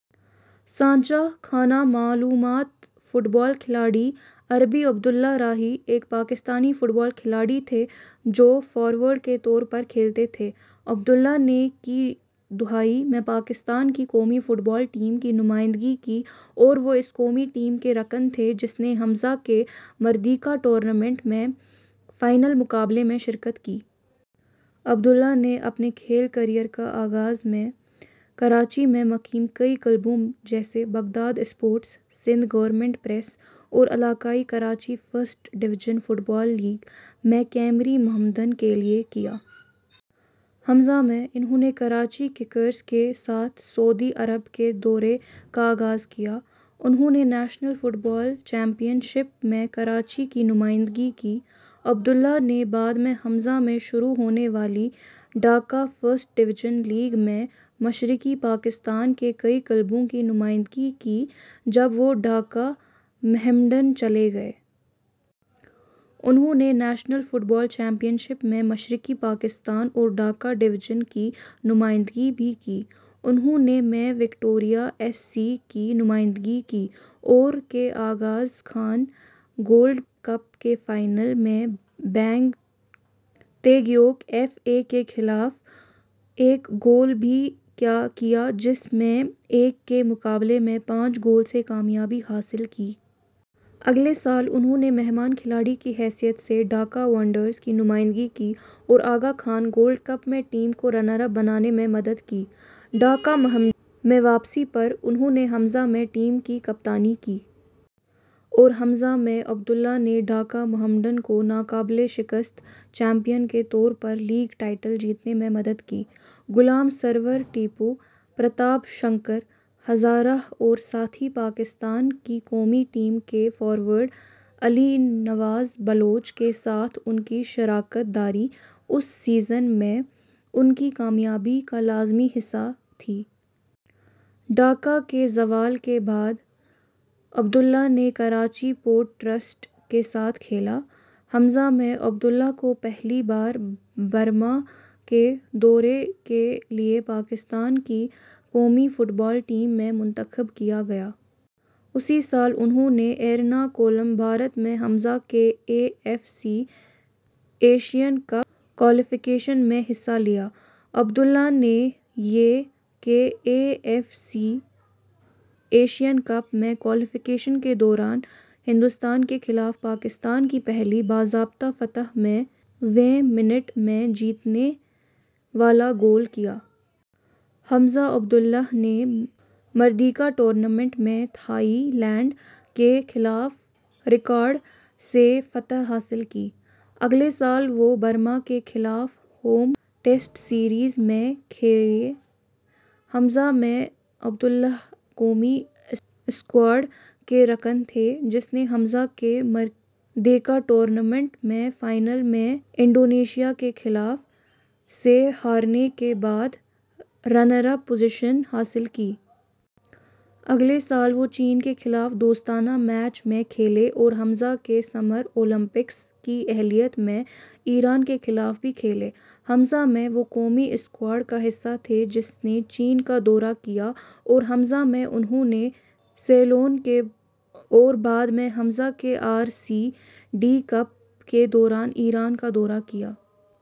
سانچہ:خانہ معلومات football کھلاڑی/عربی عبد اللہ راہی ، ایک پاکستانی فٹ بال کھلاڑی تھے جو فارورڈ کے طور پر کھیلتے تھے۔ عبد اللہ نے ء کی دہائی میں پاکستان کی قومی فٹ بال ٹیم کی نمائندگی کی اور وہ اس قومی ٹیم کے رکن تھے جس نے ء کے مردیکا ٹورنامنٹ میں فائنل مقابلے میں شرکت کی۔ عبد اللہ نے اپنے کھیل کیریئر کا آغاز ء میں کراچی میں مقیم کئی کلبوں جیسے Baghdad sports, Sindh government press اور علاقائی Karachi first division football league میں کیمری محمدن کے لیے کیا۔ ء میں، انھوں نے کراچی ککرز کے ساتھ سعودی عرب کے دورے کا آغاز کیا۔ انھوں نے national football championship میں کراچی کی نمائندگی کی۔ عبد اللہ نے بعد میں ء میں شروع ہونے والی ڈھاکہ فرسٹ ڈویژن لیگ میں مشرقی پاکستان کے کئی کلبوں کی نمائندگی کی جب وہ ڈھاکہ محمڈن چلے گئے۔ انھوں نے national football championship میں مشرقی پاکستان اور ڈھاکہ ڈویژن کی نمائندگی بھی کی۔ انھوں نے میں وکٹوریہ ایس سی کی نمائندگی کی۔ اور کے آغا خان گولڈ کپ کے فائنل میں ینگ تیگیوک ایف اے کے خلاف ایک گول بھی کیا جس میں ایک کے مقابلے میں پانچ گول سے کامیابی حاصل کی۔ اگلے سال، انھوں نے مہمان کھلاڑی کی حیثیت سے ڈھاکہ وانڈررز کی نمائندگی کی اور آغا خان گولڈ کپ میں ٹیم کو رنر اپ بنانے میں مدد کی۔ ڈھاکہ محمڈن میں واپسی پر، انھوں نے ء میں ٹیم کی کپتانی کی۔ اور ءمیں عبد اللہ نے ڈھاکہ محمڈن کو ناقابل شکست چیمپئن کے طور پر لیگ ٹائٹل جیتنے میں مدد کی۔ غلام سرور ٹیپو، پرتاپ شنکر ہزارہ اور ساتھی پاکستان کی قومی ٹیم کے فارورڈ علی نواز بلوچ کے ساتھ ان کی شراکت داری اس سیزن میں ان کی کامیابی کا لازمی حصہ تھی۔ ڈھاکہ کے زوال کے بعد عبد اللہ نے کراچی پورٹ ٹرسٹ کے ساتھ کھیلا۔ ء میں، عبد اللہ کو پہلی بار برما کے دورے کے لیے پاکستان کی قومی فٹ بال ٹیم میں منتخب کیا گیا۔ اسی سال انھوں نے ایرناکولم بھارت میں ء کے A F C Asian cup qualification میں حصہ لیا۔ عبد اللہ نے ے کے A F C Asian cup qualification کے دوران، ہندوستان کے خلاف پاکستان کی پہلی باضابطہ فتح میں ویں منٹ میں جیتنے والا گول کیا۔ ءمیں عبد اللہ نے مردیکا ٹورنامنٹ میں تھائی لینڈ کے خلاف ریکارڈ - سے فتح حاصل کی۔ اگلے سال وہ برما کے خلاف ہوم ٹیسٹ سیریز میں کھیلے۔ ء میں عبد اللہ قومی اسکواڈ کے رکن تھے جس نے ء کے مردیکا ٹورنامنٹ میں فائنل میں انڈونیشیا کے خلاف - سے ہارنے کے بعد رنر اپ پوزیشن حاصل کی۔ اگلے سال وہ چین کے خلاف دوستانہ میچ میں کھیلے اور ء کے سمر اولمپکس کی اہلیت میں ایران کے خلاف بھی کھیلے۔ ء میں، وہ قومی اسکواڈ کا حصہ تھے جس نے چین کا دورہ کیا اور ء میں انھوں نے سیلون اور بعد میں ء کے آر سی ڈی کپ کے دوران ایران کا دورہ کیا۔